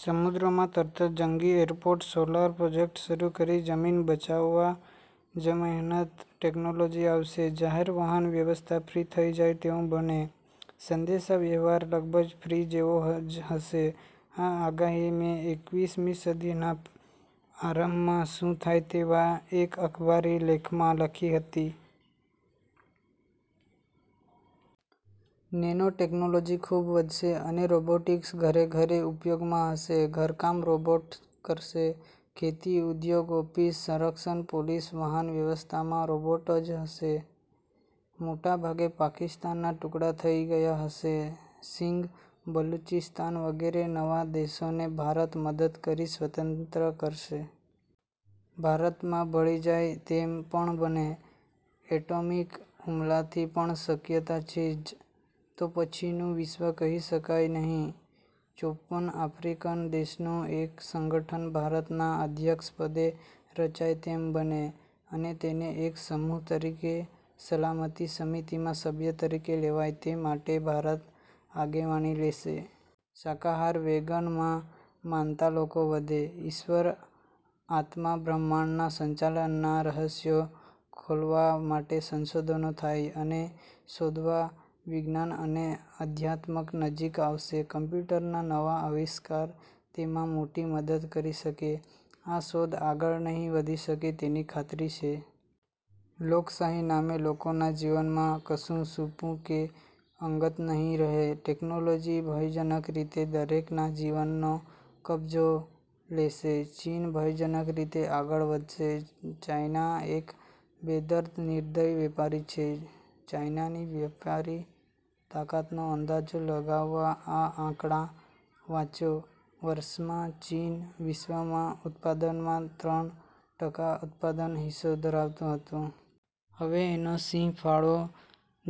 સમુદ્રમાં તરતા જંગી એરપોર્ટ, સોલાર પ્રોજેક્ટ શરૂ કરી જમીન બચાવવા જહેમત, ટેકનોલોજી આવશે. જાહેર વાહન વ્યવસ્થા ફ્રી થઈ જાય તેવું બને. સંદેશા વ્યવહાર લગભગ ફ્રી જેવો જ હશે. આ આગાહી મેં એકવીસ મી સદી ના આરંભમાં શું થાય તેવા એક અખબારી લેખમાં લખી હતી. નેનો ટેકનોલોજી ખૂબ વધશે અને રોબોટિક્સ ઘરે ઘરે ઉપયોગમાં હશે. ઘરકામ રોબોટ કરશે. ખેતી, ઉદ્યોગો, ઓફિસ, સંરક્ષણ, પોલીસ, વાહન વ્યવસ્થા માં રોબોટ હશે જ. મોટાભાગે પાકિસ્તાનના ટુકડા થઈ ગયા હશે. સિંઘ, બલુચિસ્તાન વગેરે નવા દેશોને ભારત મદદ કરી સ્વતંત્ર કરશે. ભારતમાં ભળી જાય તેમ પણ બને. એટોમિક હુમલાની પણ શક્યતા છે જ. તો પછીનું વિશ્વ કહી શકાય નહિ. ચોપન આફ્રિકન દેશોનું એક સંગઠન ભારતના અધ્યક્ષ પદે રચાય તેમ બને, અને તેને એક સમૂહ તરીકે સલામતી સમિતિમાં સભ્ય તરીકે લેવાય તે માટે ભારત આગેવાની લેશે. શાકાહાર, વેગન માં માનતા લોકો વધે. ઈશ્વર, આત્મા, બ્રહ્માંડના સંચાલન ના રહસ્યો ખોલવા માટે સંશોધનો થાય અને શોધવા વિજ્ઞાન અને અધ્યાત્મ નજીક આવશે. કમ્પ્યુટર ના નવા આવિષ્કાર તેમાં મોટી મદદ કરી શકે. આ શોધ આગળ નહિ વધી શકે તેની ખાતરી છે. લોકશાહી નામે લોકોના જીવનમાં કશું છૂપુ કે અંગત નહિ રહે. ટેકનોલોજી ભયજનક રીતે દરેકના જીવનનો કબજો લેશે. ચીન ભયજનક રીતે આગળ વધશે. ચાઈના એક બેદર્દ, નિર્દય વેપારી છે. ચાઈનાની વ્યાપારી તાકાતનો અંદાજો લગાવવા આ આંકડા વાંચો- વર્ષ માં ચીન વિશ્વના ઉત્પાદનમાં ત્રણ ટકા ઉત્પાદન હિસ્સો ધરાવતું હતું. હવે એનો સિંહફાળો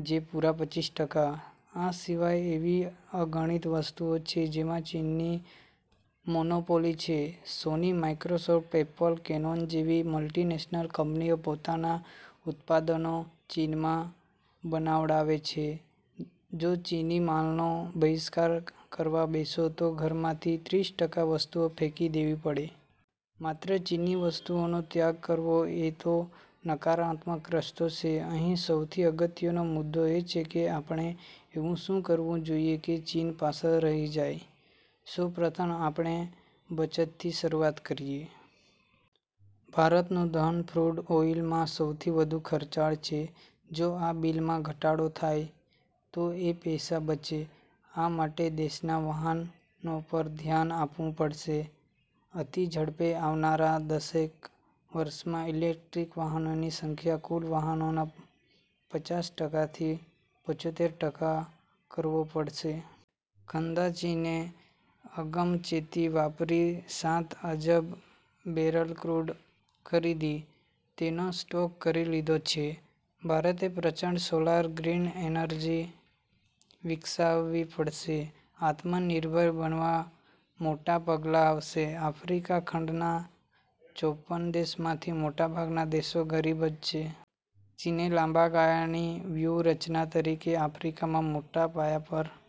છે પૂરા પચીસ ટકા. આ સિવાય એવી અગણિત વસ્તુઓ છે જેમાં ચીનની મોનોપોલી છે. સોની, માઈક્રોસોફ્ટ, એપલ, કેનોન જેવી મલ્ટીનેશનલ કંપનીઓ પોતાનાં ઉત્પાદનો ચીનમાં બનાવડાવે છે. જો ચીની માલનો બહિષ્કાર કરવા બેસો તો ઘરમાંથી ત્રીસ ટકા વસ્તુઓ ફેંકી દેવી પડે. માત્ર ચીની વસ્તુઓનો ત્યાગ કરવો એ તો નકારાત્મક રસ્તો છે. અહીં સૌથી અગત્યનો મુદ્દો એ છે કે આપણે એવું શું કરવું જોઈએ કે ચીન પાછળ રહી જાય? સૌ પ્રથમ આપણે બચતથી શરૂઆત કરીએ. ભારતનું ધન ક્રૂડ ઓઈલમાં સૌથી વધુ ખર્ચાય છે. જો આ બીલમાં ઘટાડો થાય તો એ પૈસા બચે. આ માટે દેશનાં વાહનો પર ધ્યાન આપવું પડશે. અતિ ઝડપે આવનારાં દશેક વર્ષમાં ઈલેકટ્રીક વાહનોની સંખ્યા કુલ વાહનોનાં પચાસ ટકા થી પંચોતેર ટકા કરવો પડશે. ખંધા ચીને અગમચેતી વાપરી સાત અબજ બેરલ ક્રૂડ ખરીદી, તેનો સ્ટોક કરી લીધો છે. ભારતે પ્રચંડ સોલર, ગ્રીન એનર્જી વિકસાવવી પડશે. આત્મ નિર્ભર બનવા મોટા પગલાં આવશે. આફ્રિકા ખંડના ચોપન દેશોમાંથી મોટાભાગના દેશો ગરીબ છે. ચીને લાંબા ગાળાની વ્યૂહ રચના તરીકે આફ્રિકામાં મોટા પાયા પર "